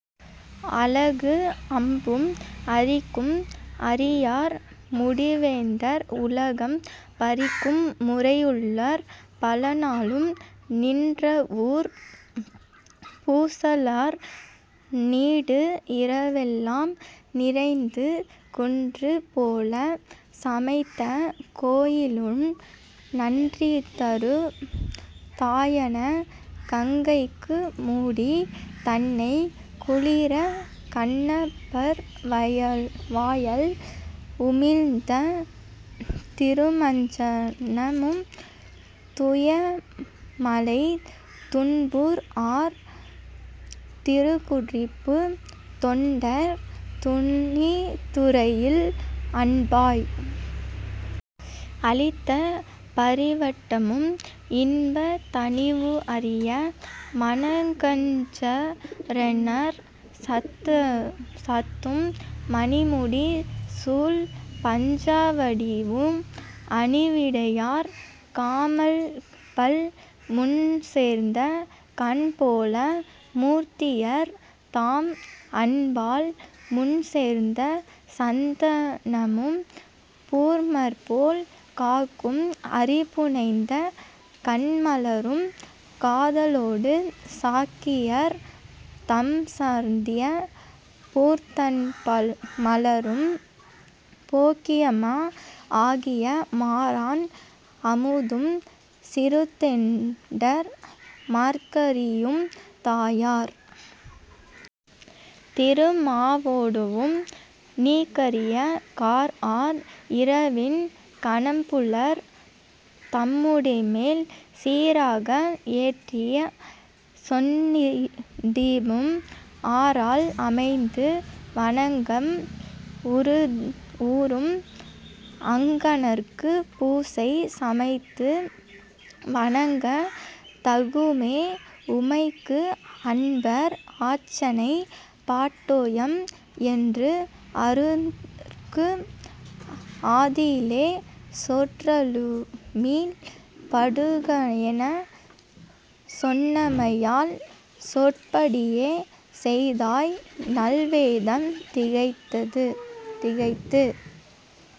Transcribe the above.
அலகு அம்பு அரிக்கும் அரியார் முடிவேய்ந்து உலகம் பரிக்கும் முறைஉள்ளார் பலநாளும் நின்றவூர்ப் பூசலார் நீடு இரவெலாம் நினைந்து குன்று போலே சமைத்த கோயிலும் நன்றிதரும் தாயான கங்கைமுடி தான் குளிரக் கண்ணப்பர் வாயால் உமிழ்ந்த திருமஞ்சனமும் தூயமழைத் துன்புஆர் திருக்குறிப்புத் தொண்டர் துணித்துறையில் அன்பாய் அளித்த பரிவட்டமும் இன்பாத் தணிவுஅரிய மானக்கஞ்சாறணார் சாத்தும் மணிமுடி சூழ் பஞ்சவடியும் அணிவிடையார் காமன்பால் முன்சேந்த கண்போல மூர்த்தியார் தாம் அன்பால் முன்சேர்த்த சந்தனமும் பூமன்போல் காக்கும் அரிபுனைந்த கண்மலரும் காதலொடு சாக்கியர் தாம்சாத்திய பூந்தண்மலரும் போக்கியமா ஆக்கிய மாறன் அமுதும் சிறுத்தொண்டர் மார்க்கறியும் தாயர் தரு மாவடுவும் நீக்கரிய கார்ஆர் இரவில் கணம்புல்லர் தம்முடிமேல் சீராக ஏற்றிய செந்தீபமும் ஆரால் அமைத்து வணங்கல் உறும் அங்கணர்க்குப் பூசை சமைத்து வணங்கத் தகுமோ உமைக்கு அன்பர் அற்சனை பாட்டேயாம் என்று ஆரூரர்க்கு ஆதியிலே சொற்றமிழ் பாடுகஎனச் சொன்னமையால் சொற்படியே செய்தாய் நால்வேதம் திகைத்து